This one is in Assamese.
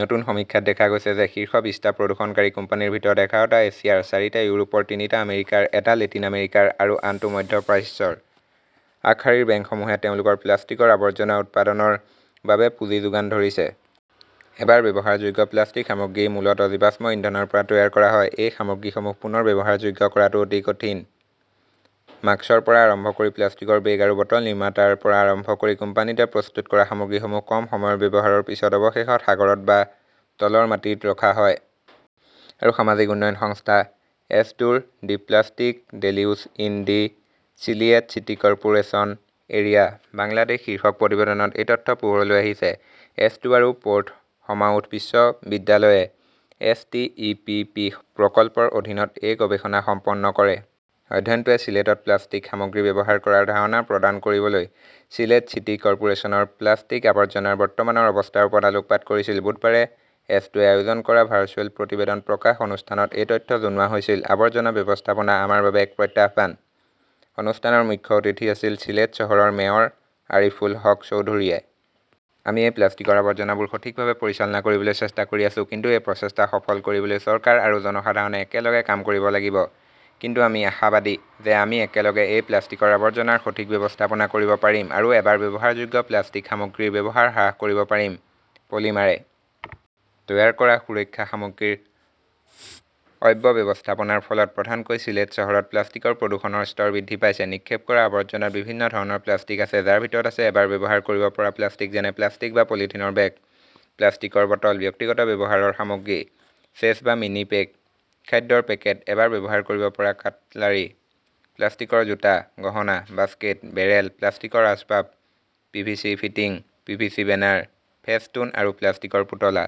নতুন সমীক্ষাত দেখা গৈছে যে শীৰ্ষ বিছটা প্ৰদূষণকাৰী কোম্পানীৰ ভিতৰত এঘাৰ​টা এছিয়াৰ, চাৰিটা ইউৰোপৰ, তিনিটা আমেৰিকাৰ, এটা লেটিন আমেৰিকাৰ আৰু আনটো মধ্য প্ৰাচ্যৰ। আগশাৰীৰ বেংকসমূহে তেওঁলোকৰ প্লাষ্টিকৰ আৱৰ্জনা উৎপাদনৰ বাবে পুঁজি যোগান ধৰিছে। এবাৰ ব্যৱহাৰযোগ্য প্লাষ্টিক সামগ্ৰী মূলত জীৱাশ্ম ইন্ধনৰ পৰা তৈয়াৰ কৰা হয়। এই সামগ্ৰীসমূহ পুনৰ ব্যৱহাৰযোগ্য কৰাটো অতি কঠিন। ম্মাস্কৰ পৰা আৰম্ভ কৰি প্লাষ্টিকৰ বেগ আৰু বটল নিৰ্মাতাৰ পৰা আৰম্ভ কৰি কোম্পানীটোৱে প্ৰস্তুত কৰা সামগ্ৰীসমূহ কম সময়ৰ ব্যৱহাৰৰ পিছত অৱশেষত সাগৰত বা তলৰ মাটিত ৰখা হয়। আৰু সামাজিক উন্নয়ন সংস্থা-এছডোৰ, the plastic deluge in the Sylhet city corporation area, Bangladesh শীৰ্ষক প্ৰতিবেদনত এই তথ্য পোহৰলৈ আহিছে। এছডো আৰু প'ৰ্টসমাউথ বিশ্ববিদ্যালয়ে S. T. E. P. P. প্ৰকল্পৰ অধীনত এই গৱেষণা সম্পন্ন কৰে। অধ্যয়নটোৱে চিলেটত প্লাষ্টিক সামগ্ৰী ব্যৱহাৰ কৰাৰ ধাৰণা প্ৰদান কৰিবলৈ চিলেট চিটি কৰ্পোৰেচনৰ প্লাষ্টিক আৱৰ্জনাৰ বৰ্তমানৰ অৱস্থাৰ ওপৰত আলোকপাত কৰিছিল। বুধবাৰে এছডোৱে আয়োজন কৰা ভাৰ্চুৱেল প্ৰতিবেদন প্ৰকাশ অনুষ্ঠানত এই তথ্য জনোৱা হৈছিল। "আৱৰ্জনা ব্যৱস্থাপনা আমাৰ বাবে এক প্ৰত্যাহ্বান", অনুষ্ঠানৰ মুখ্য অতিথি আছিল চিলেট চহৰৰ মেয়ৰ আৰিফুল হক চৌধুৰীয়ে। আমি এই প্লাষ্টিকৰ আৱৰ্জনাবোৰ সঠিকভাৱে পৰিচালনা কৰিবলৈ চেষ্টা কৰি আছো। কিন্তু এই প্ৰচেষ্টা সফল কৰিবলৈ চৰকাৰ আৰু জনসাধাৰণে একেলগে কাম কৰিব লাগিব। কিন্তু আমি আশাবাদী যে আমি একেলগে এই প্লাষ্টিকৰ আৱৰ্জনাৰ সঠিক ব্যৱস্থাপনা কৰিব পাৰিম আৰু এবাৰ ব্যৱহাৰযোগ্য প্লাষ্টিক সামগ্ৰীৰ ব্যৱহাৰ হ্ৰাস কৰিব পাৰিম। পলিমাৰে তৈয়াৰ কৰা সুৰক্ষা সামগ্ৰীৰ অব্যৱস্থাপনাৰ ফলত প্ৰধানকৈ চিলেট চহৰত প্লাষ্টিকৰ প্ৰদূষণৰ স্তৰ বৃদ্ধি পাইছে। নিক্ষেপ কৰা আৱৰ্জনাত বিভিন্ন ধৰণৰ প্লাষ্টিক আছে, যাৰ ভিতৰত আছে এবাৰ ব্যৱহাৰ কৰিব পৰা প্লাষ্টিক যেনে প্লাষ্টিক বা পলিথিনৰ বেগ, প্লাষ্টিকৰ বটল, ব্যক্তিগত ব্যৱহাৰৰ সামগ্ৰী, চেচ বা মিনি পেক, খাদ্যৰ পেকেট, এবাৰ ব্যৱহাৰ কৰিব পৰা কাটলাৰী, প্লাষ্টিকৰ জোতা, গহনা, বাস্কেট, বেৰেল, প্লাষ্টিকৰ আচবাব, PVC fitting, PVC banner, festoon আৰু প্লাষ্টিকৰ পুতলা।